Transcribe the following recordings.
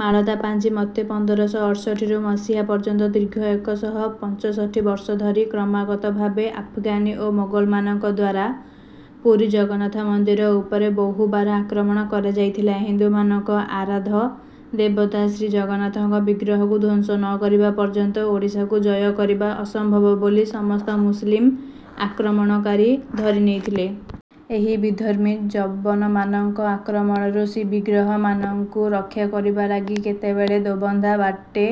ମାଦଳା ପାଞ୍ଜି ମତେ ପନ୍ଦର ଶହ ଅର୍ଷଠି ରୁ ମସିହା ପର୍ଯ୍ୟନ୍ତ ଦୀର୍ଘ ଏକ ଶହ ପଞ୍ଚଷଠି ବର୍ଷ ଧରି କ୍ରମାଗତ ଭାବେ ଆଫଗାନୀ ଓ ମୋଗଲମାନଙ୍କ ଦ୍ୱାରା ପୁରୀ ଜଗନ୍ନାଥ ମନ୍ଦିର ଉପରେ ବହୁବାର ଆକ୍ରମଣ କରାଯାଇଥିଲା। ହିନ୍ଦୁମାନଙ୍କ ଆରାଧ୍ୟ ଦେବତା ଶ୍ରୀଜଗନ୍ନାଥଙ୍କ ବିଗ୍ରହକୁ ଧ୍ୱଂସ ନ କରିବା ପର୍ଯ୍ୟନ୍ତ ଓଡ଼ିଶାକୁ ଜୟ କରିବା ଅସମ୍ଭବ ବୋଲି ସମସ୍ତ ମୁସଲିମ ଆକ୍ରମଣକାରୀ ଧରିନେଇଥିଲେ। ଏହି ବିଧର୍ମୀ ଯବନମାନଙ୍କ ଆକ୍ରମଣରୁ ଶ୍ରୀବିଗ୍ରହମାନଙ୍କୁ ରକ୍ଷା କରିବା ଲାଗି କେତେବେଳେ ଦୋବନ୍ଧା ବାଟେ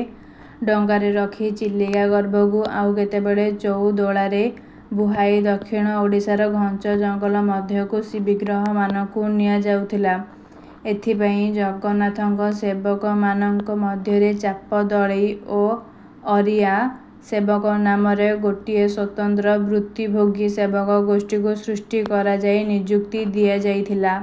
ଡଙ୍ଗାରେ ରଖି ଚିଲିକା ଗର୍ଭକୁ ଆଉ କେତେବେଳେ ଚଉଦୋଳାରେ ବୁହାଇ ଦକ୍ଷିଣ ଓଡ଼ିଶାର ଘଞ୍ଚ ଜଙ୍ଗଲ ମଧ୍ୟକୁ ଶ୍ରୀବିଗ୍ରହମାନଙ୍କୁ ନିଆଯାଉଥିଲା। ଏଥିପାଇଁ ଜଗନ୍ନାଥଙ୍କ ସେବକମାନଙ୍କ ମଧ୍ୟରେ ଚାପ ଦଳେଇ ଓ ଅରିଆ ସେବକ ନାମରେ ଗୋଟିଏ ସ୍ୱତନ୍ତ୍ର ବୃତ୍ତିଭୋଗୀ ସେବକ ଗୋଷ୍ଠୀକୁ ସୃଷ୍ଟି କରାଯାଇ ନିଯୁକ୍ତି ଦିଆଯାଇଥିଲା।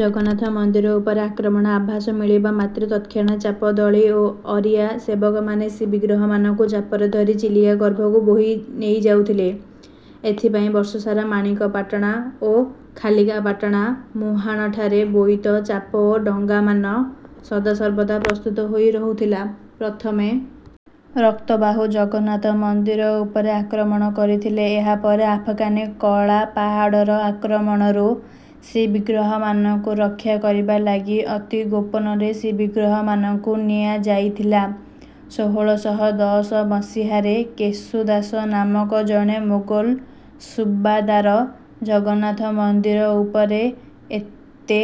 ଜଗନ୍ନାଥ ମନ୍ଦିର ଉପରେ ଆକ୍ରମଣର ଆଭାସ ମିଳିବା ମାତ୍ରେ ତତ୍କ୍ଷଣାତ୍ ଚାପ ଦଳେଇ ଓ ଅରିଆ ସେବକମାନେ ଶ୍ରୀବିଗ୍ରହମାନଙ୍କୁ ଚାପରେ ଧରି ଚିଲିକା ଗର୍ଭକୁ ବୋହି ନେଇଯାଉଥିଲେ। ଏଥିପାଇଁ ବର୍ଷସାରା ମାଣିକପାଟଣା ଓ ଖାଲିକାପାଟଣା ମୁହାଣଠାରେ ବୋଇତ, ଚାପ ଓ ଡଙ୍ଗାମାନ ସଦାସର୍ବଦା ପ୍ରସ୍ତୁତ ହୋଇ ରହୁଥିଲା। ପ୍ରଥମେ ରକ୍ତବାହୁ ଜଗନ୍ନାଥ ମନ୍ଦିର ଉପରେ ଆକ୍ରମଣ କରିଥିଲା। ଏହାପରେ ଆଫଗାନୀ କଳାପାହାଡ଼ର ଆକ୍ରମଣରୁ ଶ୍ରୀବିଗ୍ରହମାନଙ୍କୁ ରକ୍ଷା କରିବା ଲାଗି ଅତି ଗୋପନରେ ଶ୍ରୀବିଗ୍ରହମାନଙ୍କୁ ନିଆଯାଇଥିଲା। ସୋହଳ ଶହ ଦଶ ମସିହାରେ କେଶୁ ଦାସ ନାମକ ଜଣେ ମୋଗଲ ସୁବାଦାର ଜଗନ୍ନାଥ ମନ୍ଦିର ଉପରେ ଏତେ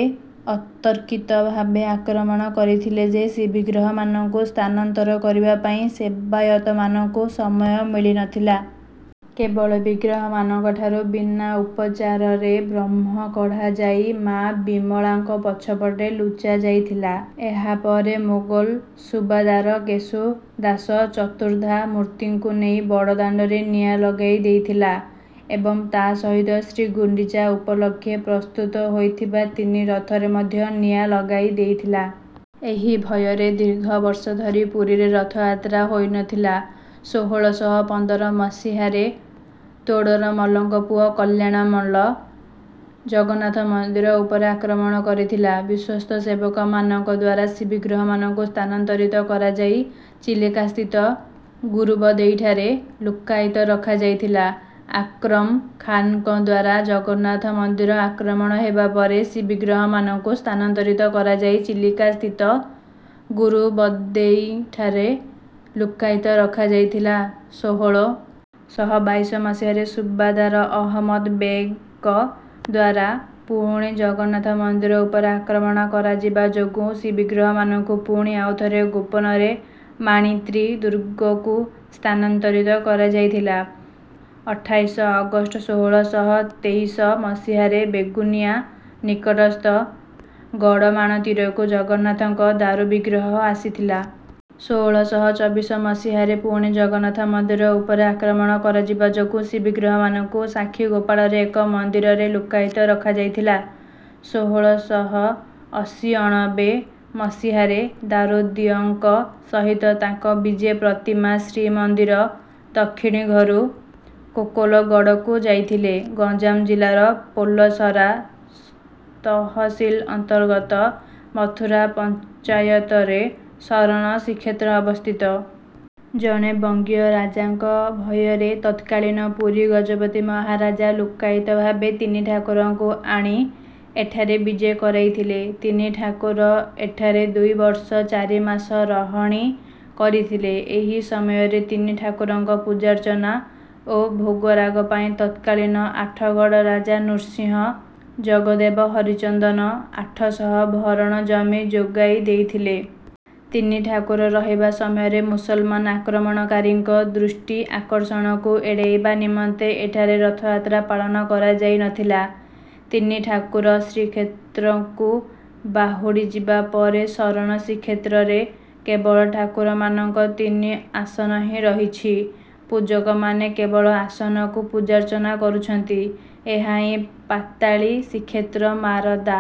ଅତର୍କିତ ଭାବେ ଆକ୍ରମଣ କରିଥିଲା ଯେ ଶ୍ରୀବିଗ୍ରହମାନଙ୍କୁ ସ୍ଥାନାନ୍ତର କରିବା ପାଇଁ ସେବାୟତମାନଙ୍କୁ ସମୟ ମିଳି ନ ଥିଲା। କେବଳ ବିଗ୍ରହମାନଙ୍କଠାରୁ ବିନା ଉପଚାରରେ ବ୍ରହ୍ମ କଢ଼ାଯାଇ ମା ବିମଳାଙ୍କ ପଛପଟେ ଲୁଚାଯାଇଥିଲା। ଏହାପରେ ମୋଗଲ ସୁବାଦାର କେଶୁ ଦାସ ଚତୁର୍ଦ୍ଧା ମୂର୍ତ୍ତିଙ୍କୁ ନେଇ ବଡ଼ଦାଣ୍ଡରେ ନିଆଁ ଲଗାଇ ଦେଇଥିଲା ଏବଂ ତା ସହିତ ଶ୍ରୀଗୁଣ୍ଡିଚା ଉପଲକ୍ଷେ ପ୍ରସ୍ତୁତ ହୋଇଥିବା ତିନି ରଥରେ ମଧ୍ୟ ନିଆଁ ଲଗାଇ ଦେଇଥିଲା। ଏହି ଭୟରେ ଦୀର୍ଘବର୍ଷ ଧରି ପୁରୀରେ ରଥଯାତ୍ରା ହୋଇନଥିଲା। ସୋହଳ ଶହ ପନ୍ଦର ମସିହାରେ ତୋଡ଼ରମଲ୍ଲଙ୍କ ପୁଅ କଲ୍ୟାଣମଲ୍ଲ ଜଗନ୍ନାଥ ମନ୍ଦିର ଉପରେ ଆକ୍ରମଣ କରିଥିଲା। ବିଶ୍ୱସ୍ତ ସେବକମାନଙ୍କ ଦ୍ୱାରା ଶ୍ରୀବିଗ୍ରହମାନଙ୍କୁ ସ୍ଥାନାନ୍ତରିତ କରାଯାଇ ଚିଲିକାସ୍ଥିତ ଗୁରୁବଦେଇଠାରେ ଲୁକ୍କାୟିତ ରଖାଯାଇଥିଲା। ଆକ୍ରମ ଖାନ୍‌ଙ୍କ ଦ୍ୱାରା ଜଗନ୍ନାଥ ମନ୍ଦିର ଆକ୍ରମଣ ହେବା ପରେ ଶ୍ରୀବିଗ୍ରହମାନଙ୍କୁ ସ୍ଥାନାନ୍ତରିତ କରାଯାଇ ଚିଲିକାସ୍ଥିତ ଗୁରୁବଦେଇଠାରେ ଲୁକ୍କାୟିତ ରଖାଯାଇଥିଲା। ସୋହଳ ଶହ ବାଇଶ ମସିହାରେ ସୁବାଦାର ଅହମଦ ବେଗ୍‌ଙ୍କ ଦ୍ୱାରା ପୁଣି ଜଗନ୍ନାଥ ମନ୍ଦିର ଉପରେ ଆକ୍ରମଣ କରାଯିବା ଯୋଗୁ ଶ୍ରୀବିଗ୍ରହମାନଙ୍କୁ ପୁଣି ଆଉଥରେ ଗୋପନରେ ମାଣିତ୍ରୀ ଦୁର୍ଗକୁ ସ୍ଥାନାନ୍ତରିତ କରାଯାଇଥିଲା। ଅଠାଇଶ ଅଗଷ୍ଟ ସୋହଳ ଶହ ତେଇଶ ମସିହାରେ ବେଗୁନିଆ ନିକଟସ୍ଥ ଗଡ଼ମାଣତୀରକୁ ଜଗନ୍ନାଥଙ୍କ ଦାରୁବିଗ୍ରହ ଆସିଥିଲା। ସୋହଳ ଶହ ଚବିଶ ମସିହା ରେ ପୁଣି ଜଗନ୍ନାଥ ମନ୍ଦିର ଉପରେ ଆକ୍ରମଣ କରାଯିବା ଯୋଗୁ ଶ୍ରୀବିଗ୍ରହମାନଙ୍କୁ ସାକ୍ଷୀଗୋପାଳରେ ଏକ ମନ୍ଦିରରେ ଲୁକ୍କାୟିତ ରଖାଯାଇଥିଲା। ସୋହଳ ଶହ ଅଶୀଅଣବେ ମସିହା ରେ ଦାରୁଦିଅଁଙ୍କ ସହିତ ତାଙ୍କ ବିଜେ ପ୍ରତିମା ଶ୍ରୀମନ୍ଦିର ଦକ୍ଷିଣୀଘରୁ କୋକଲଗଡ଼କୁ ଯାଇଥିଲେ। ଗଞ୍ଜାମ ଜିଲ୍ଲାର ପୋଲସରା ତହସିଲ ଅନ୍ତର୍ଗତ ମଥୁରା ପଞ୍ଚାୟତରେ ଶରଣ ଶ୍ରୀକ୍ଷେତ୍ର ଅବସ୍ଥିତ। ଜଣେ ବଙ୍ଗୀୟ ରାଜାଙ୍କ ଭୟରେ ତତ୍କାଳୀନ ପୁରୀ ଗଜପତି ମହାରାଜା ଲୁକ୍କାୟିତ ଭାବେ ତିନି ଠାକୁରଙ୍କୁ ଆଣି ଏଠାରେ ବିଜେ କରାଇଥିଲେ। ତିନିଠାକୁର ଏଠାରେ ଦୁଇ ବର୍ଷ ଚାରି ମାସ ରହଣି କରିଥିଲେ। ଏହି ସମୟରେ ତିନି ଠାକୁରଙ୍କ ପୂଜାର୍ଚ୍ଚନା ଓ ଭୋଗରାଗ ପାଇଁ ତତ୍କାଳୀନ ଆଠଗଡ଼ ରାଜା ନୃସିଂହ ଜଗଦ୍ଦେବ ହରିଚନ୍ଦନ ଆଠ ଶହ ଭରଣ ଜମି ଯୋଗାଇ ଦେଇଥିଲେ। ତିନି ଠାକୁର ରହିବା ସମୟରେ ମୁସଲମାନ ଆକ୍ରମଣକାରୀଙ୍କ ଦୃଷ୍ଟି ଆକର୍ଷଣକୁ ଏଡ଼ାଇବା ନିମନ୍ତେ ଏଠାରେ ରଥଯାତ୍ରା ପାଳନ କରାଯାଇ ନଥିଲା। ତିନି ଠାକୁର ଶ୍ରୀକ୍ଷେତ୍ରକୁ ବାହୁଡ଼ିଯିବା ପରେ ଶରଣ ଶ୍ରୀକ୍ଷେତ୍ରରେ କେବଳ ଠାକୁରମାନଙ୍କ ତିନି ଆସନ ହିଁ ରହିଛି। ପୂଜକମାନେ କେବଳ ଆସନକୁ ପୂଜାର୍ଚ୍ଚନା କରୁଛନ୍ତି। ଏହାହିଁ ପାତାଳି ଶ୍ରୀକ୍ଷେତ୍ର ମାରଦା।